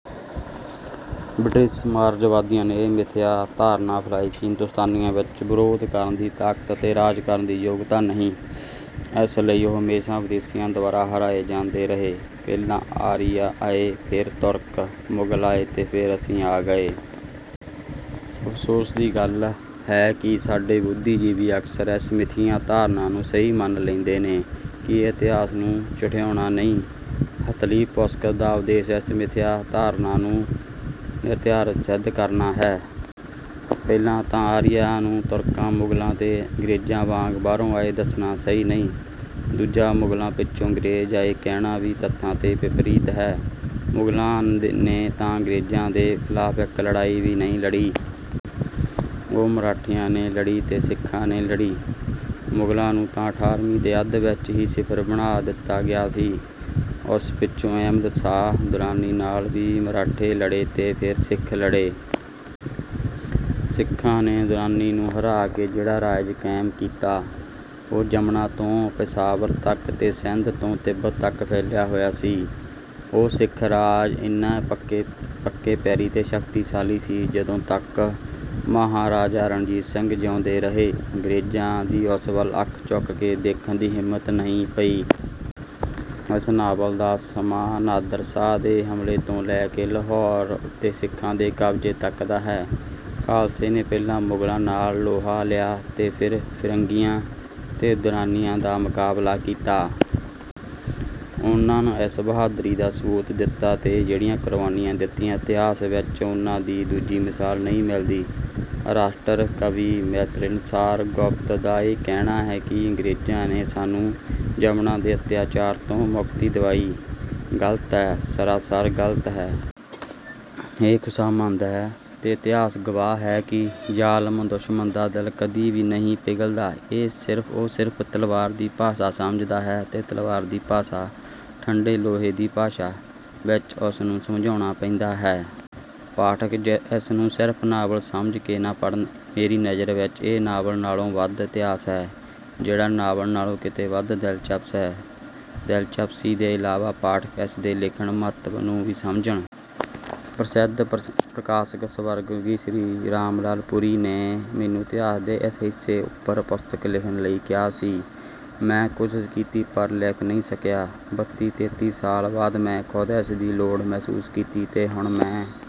British ਸਾਮਰਾਜਵਾਦੀਆਂ ਨੇ ਇਹ ਮਿਥਿਆ ਧਾਰਨਾ ਫੈਲਾਈ ਕਿ ਹਿੰਦੁਸਤਾਨੀਆਂ ਵਿੱਚ ਵਿਰੋਧ ਕਰਨ ਦੀ ਤਾਕਤ ਤੇ ਰਾਜ ਕਰਨ ਦੀ ਯੋਗਤਾ ਨਹੀਂ, ਇਸ ਲਈ ਉਹ ਹਮੇਸ਼ਾ ਵਿਦੇਸ਼ੀਆਂ ਦੁਆਰਾ ਹਰਾਏ ਜਾਂਦੇ ਰਹੇ। ਪਹਿਲਾਂ ਆਰੀਆ ਆਏ, ਫੇਰ ਤੁਰਕ, ਮੁਗਲ ਆਏ ਤੇ ਫੇਰ ਅਸੀਂ ਆ ਗਏ। ਅਫ਼ਸੋਸ ਦੀ ਗੱਲ ਹੈ ਕਿ ਸਾਡੇ ਬੁੱਧੀਜੀਵੀ ਅਕਸਰ ਇਸ ਮਿਥਿਆ ਧਾਰਨਾ ਨੂੰ ਸਹੀ ਮੰਨ ਲੈਂਦੇ ਨੇ। ਕੀ ਇਹ ਇਤਿਹਾਸ ਨੂੰ ਝੁਠਿਆਉਣਾ ਨਹੀਂ? ਹੱਥਲੀ ਪੁਸਤਕ ਦਾ ਉਦੇਸ਼ ਇਸ ਮਿਥਿਆ ਧਾਰਨਾ ਨੂੰ ਨਿਰਆਰਥ ਸਿੱਧ ਕਰਨਾ ਹੈ। ਪਹਿਲਾਂ ਤਾਂ ਆਰੀਆਂ ਨੂੰ ਤੁਰਕਾਂ, ਮੁਗਲਾਂ ਤੇ ਅੰਗਰੇਜ਼ਾਂ ਵਾਂਗ ਬਾਹਰੋਂ ਆਏ ਦੱਸਣਾ ਸਹੀ ਨਹੀਂ। ਦੂਜਾ ਮੁਗਲਾਂ ਪਿੱਛੋਂ ਅੰਗਰੇਜ਼ ਆਏ, ਕਹਿਣਾ ਵੀ ਤੱਥਾਂ ਦੇ ਵਿਪਰੀਤ ਹੈ। ਮੁਗਲਾਂ ਨੇ ਤਾਂ ਅੰਗਰੇਜ਼ਾਂ ਦੇ ਖ਼ਿਲਾਫ਼ ਇੱਕ ਲੜਾਈ ਵੀ ਨਹੀਂ ਲੜੀ। ਉਹ ਮਰਾਠਿਆਂ ਨੇ ਲੜੀ ਤੇ ਸਿੱਖਾਂ ਨੇ ਲੜੀ। ਮੁਗਲਾਂ ਨੂੰ ਤਾਂ ਅਠਾਰਵੀਂ ਦੇ ਅੱਧ ਵਿੱਚ ਹੀ ਸਿਫਰ ਬਣਾ ਦਿੱਤਾ ਗਿਆ ਸੀ। ਉਸ ਪਿੱਛੋਂ ਅਹਿਮਦ ਸ਼ਾਹ ਦੁਰਾਨੀ ਨਾਲ ਵੀ ਮਰਾਠੇ ਲੜੇ ਤੇ ਫੇਰ ਸਿੱਖ ਲੜੇ। ਸਿੱਖਾਂ ਨੇ ਦੁਰਾਨੀ ਨੂੰ ਹਰਾ ਕੇ ਜਿਹੜਾ ਰਾਜ ਕਾਇਮ ਕੀਤਾ, ਉਹ ਜਮਨਾ ਤੋਂ ਪੇਸ਼ਾਵਰ ਤਕ ਤੇ ਸਿੰਧ ਤੋਂ ਤਿੱਬਤ ਤਕ ਫੈਲਿਆ ਹੋਇਆ ਸੀ। ਉਹ ਸਿੱਖ ਰਾਜ ਇੰਨਾ ਪੱਕੇ-ਪੈਰੀਂ ਤੇ ਸ਼ਕਤੀ-ਸ਼ਾਲੀ ਸੀ ਕਿ ਜਦੋਂ ਤਕ ਮਹਾਰਾਜਾ ਰਣਜੀਤ ਸਿੰਘ ਜਿਊਂਦੇ ਰਹੇ, ਅੰਗਰੇਜ਼ਾਂ ਦੀ ਉਸ ਵੱਲ ਅੱਖ ਚੁੱਕ ਕੇ ਦੇਖਣ ਦੀ ਹਿੰਮਤ ਨਹੀਂ ਪਈ। ਇਸ ਨਾਵਲ ਦਾ ਸਮਾਂ ਨਾਦਰ ਸ਼ਾਹ ਦੇ ਹਮਲੇ ਤੋਂ ਲੈ ਕੇ ਲਾਹੌਰ ਉੱਤੇ ਸਿੱਖਾਂ ਦੇ ਕਬਜ਼ੇ ਤਕ ਦਾ ਹੈ। ਖਾਲਸੇ ਨੇ ਪਹਿਲਾਂ ਮੁਗਲਾਂ ਨਾਲ ਲੋਹਾ ਲਿਆ ਤੇ ਫੇਰ ਫਿਰੰਗੀਆਂ ਤੇ ਦੁਰਾਨੀਆਂ ਦਾ ਮੁਕਾਬਲਾ ਕੀਤਾ। ਉਹਨਾਂ ਜਿਸ ਬਹਾਦੁਰੀ ਦਾ ਸਬੂਤ ਦਿੱਤਾ ਤੇ ਜਿਹੜੀਆਂ ਕੁਰਬਾਨੀਆਂ ਦਿੱਤੀਆਂ, ਇਤਿਹਾਸ ਵਿੱਚ ਉਹਨਾਂ ਦੀ ਦੂਜੀ ਮਿਸਾਲ ਨਹੀਂ ਮਿਲਦੀ। 'ਰਾਸ਼ਟਰ ਕਵੀ' ਮੈਥਿਲੀਸ਼ਰਣ ਗੁਪਤ ਦਾ ਇਹ ਕਹਿਣਾ ਕਿ ਅੰਗਰੇਜ਼ਾਂ ਨੇ ਸਾਨੂੰ ਯਵਨਾਂ ਦੇ ਅਤਿਆਚਾਰ ਤੋਂ ਮੁਕਤੀ ਦਿਵਾਈ, ਗਲਤ ਹੈ, ਸਰਾਸਰ ਗਲਤ ਹੈ। ਇਹ ਖੁਸ਼ਾਮਦ ਹੈ। ਤੇ ਇਤਿਹਾਸ ਗਵਾਹ ਹੈ ਕਿ ਜ਼ਾਲਮ ਦੁਸ਼ਮਨ ਦਾ ਦਿਲ ਕਦੀ ਵੀ ਨਹੀਂ ਪਿਘਲਦਾ। ਐ ਸਿਰਫ ਉਹ ਸਿਰਫ ਤਲਵਾਰ ਦੀ ਭਾਸ਼ਾ ਸਮਝਦਾ ਹੈ ਤੇ ਤਲਵਾਰ ਦੀ ਭਾਸ਼ਾ, ਠੰਡੇ ਲੋਹੇ ਦੀ ਭਾਸ਼ਾ, ਵਿੱਚ ਹੀ ਉਸਨੂੰ ਸਮਝਾਉਣਾ ਪੈਂਦਾ ਹੈ। ਪਾਠਕ ਇਸ ਨੂੰ ਸਿਰਫ ਨਾਵਲ ਸਮਝ ਕੇ ਨਾ ਪੜ੍ਹਨ। ਮੇਰੀ ਨਜ਼ਰ ਵਿੱਚ ਇਹ ਨਾਵਲ ਨਾਲੋਂ ਵੱਧ ਇਤਿਹਾਸ ਹੈ, ਜਿਹੜਾ ਨਾਵਲ ਨਾਲੋਂ ਕਿਤੇ ਵੱਧ ਦਿਲਚਸਪ ਹੈ। ਦਿਲਚਸਪੀ ਦੇ ਇਲਾਵਾ ਪਾਠਕ ਇਸ ਦੇ ਲਿਖਣ-ਮੰਤਵ ਨੂੰ ਵੀ ਸਮਝਣ। ਪ੍ਰਸਿੱਧ ਪ੍ਰਕਾਸ਼ਕ ਸਵਰਗੀ ਸ਼੍ਰੀ ਰਾਮਲਾਲ ਪੁਰੀ ਨੇ ਮੈਨੂੰ ਇਤਿਹਾਸ ਦੇ ਇਸ ਹਿੱਸੇ ਉੱਪਰ ਪੁਸਤਕ ਲਿਖਣ ਲਈ ਕਿਹਾ ਸੀ। ਮੈਂ ਕੋਸ਼ਿਸ਼ ਕੀਤੀ, ਪਰ ਲਿਖ ਨਹੀਂ ਸਕਿਆ। ਬੱਤੀ-ਤੇਤੀ ਸਾਲ ਬਾਅਦ ਮੈਂ ਖ਼ੁਦ ਇਸ ਦੀ ਲੋੜ ਮਹਿਸੂਸ ਕੀਤੀ ਤੇ ਹੁਣ ਮੈਂ